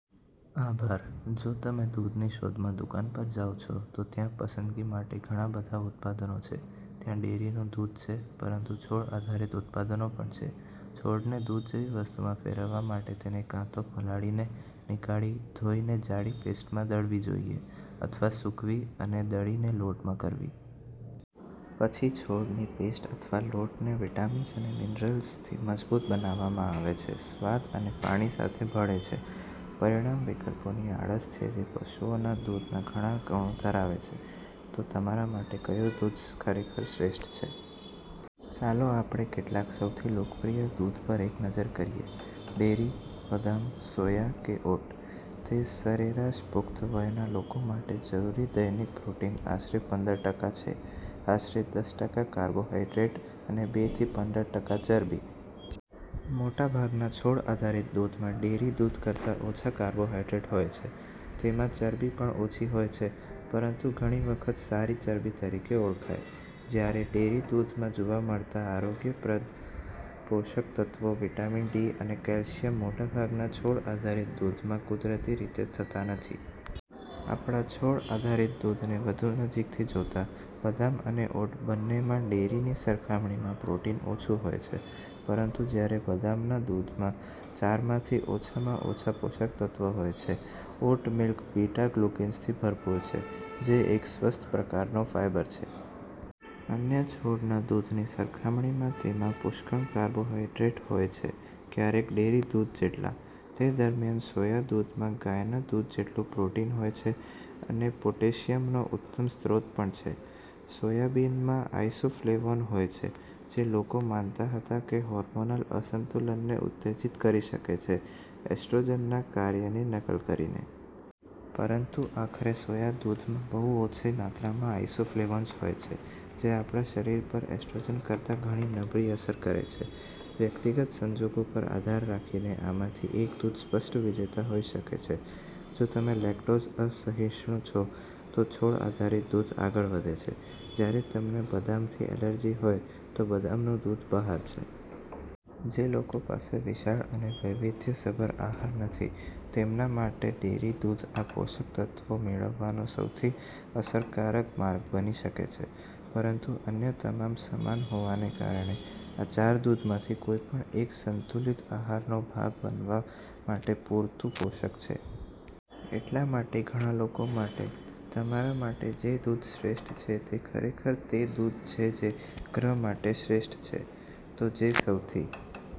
આભાર. જો તમે દૂધની શોધમાં દુકાન પર જાઓ છો, તો ત્યાં પસંદગી માટે ઘણા બધા ઉત્પાદનો છે. ત્યાં ડેરીનું દૂધ છે, પરંતુ છોડ આધારિત ઉત્પાદનો પણ છે. છોડને દૂધ જેવી વસ્તુમાં ફેરવવા માટે, તેને કાં તો પલાળીને, નીકાળી, ધોઈને જાડી પેસ્ટમાં દળવી જોઈએ, અથવા સૂકવી, અને દળીને લોટમાં કરવી. પછી છોડની પેસ્ટ અથવા લોટને વિટામિન્સ અને મિનરલ્સથી મજબૂત બનાવવામાં આવે છે, સ્વાદ, અને પાણી સાથે ભળે છે. પરિણામ વિકલ્પોની આડશ છે જે પશુઓના દૂધના ઘણા ગુણો ધરાવે છે. તો તમારા માટે કયું દૂધ ખરેખર શ્રેષ્ઠ છે? ચાલો આપણે કેટલાક સૌથી લોકપ્રિય દૂધ પર એક નજર કરીએ: ડેરી, બદામ, સોયા કે ઓટ? તે સરેરાશ પુખ્ત વયના લોકો માટે જરૂરી દૈનિક પ્રોટીન આશરે પંદર ટકા છે, આશરે દસ ટકા કાર્બોહાઈડ્રેટ અને બે થી પંદર ટકા ચરબી. મોટાભાગના છોડ આધારિત દૂધમાં ડેરી દૂધ કરતાં ઓછા કાર્બોહાઇડ્રેટ હોય છે. તેમાં ચરબી પણ ઓછી હોય છે, પરંતુ ઘણી વખત "સારી ચરબી" તરીકે ઓળખાય. જ્યારે, ડેરી દૂધમાં જોવા મળતા આરોગ્યપ્રદ પોષક તત્વો વિટામિન ડી અને કેલ્શિયમ મોટાભાગના છોડ આધારિત દૂધમાં કુદરતી રીતે થતા નથી. આપણા છોડ આધારિત દૂધને વધુ નજીકથી જોતાં, બદામ અને ઓટ બંનેમાં ડેરીની સરખામણીમાં પ્રોટીન ઓછું હોય છે. પરંતુ જ્યારે બદામના દૂધમાં ચારમાંથી ઓછામાં ઓછા પોષક તત્વો હોય છે, ઓટ મિલ્ક બીટા-ગ્લુકેન્સથી ભરપૂર છે, જે એક સ્વસ્થ પ્રકારનો ફાઇબર છે. અન્ય છોડના દૂધની સરખામણીમાં તેમાં પુષ્કળ કાર્બોહાઇડ્રેટ્સ પણ હોય છે- ક્યારેક ડેરી દૂધ જેટલા. તે દરમિયાન, સોયા દૂધમાં ગાયના દૂધ જેટલું પ્રોટીન હોય છે અને પોટેશિયમનો ઉત્તમ સ્ત્રોત પણ છે. સોયાબીનમાં આઇસોફ્લેવોન હોય છે, જે લોકો માનતા હતા કે, તે હોર્મોનલ અસંતુલનને ઉત્તેજિત કરી શકે છે એસ્ટ્રોજનના કાર્યની નકલ કરીને. પરંતુ આખરે, સોયા દૂધમાં બહુ ઓછી માત્રામાં આઇસોફ્લેવોન્સ હોય છે, જે આપણા શરીર પર એસ્ટ્રોજન કરતાં ઘણી નબળી અસર કરે છે. વ્યક્તિગત સંજોગો પર આધાર રાખીને, આમાંથી એક દૂધ સ્પષ્ટ વિજેતા હોઈ શકે છે: જો તમે લેક્ટોઝ અસહિષ્ણુ છો, તો છોડ આધારિત દૂધ આગળ વધે છે, જ્યારે તમને બદામથી એલર્જી હોય, તો બદામનું દૂધ બહાર છે. જે લોકો પાસે વિશાળ અને વૈવિધ્યસભર આહાર નથી, તેમના માટે ડેરી દૂધ, આ પોષક તત્વો મેળવવાનો સૌથી અસરકારક માર્ગ બની શકે છે પરંતુ અન્ય તમામ સમાન હોવાને કારણે, આ ચાર દૂધમાંથી કોઈપણ એક સંતુલિત આહારનો ભાગ બનવા માટે પૂરતું પોષક છે. એટલા માટે ઘણા લોકો માટે, તમારા માટે જે દૂધ શ્રેષ્ઠ છે તે ખરેખર તે દૂધ છે જે ગ્રહ માટે શ્રેષ્ઠ છે. તો જે સૌથી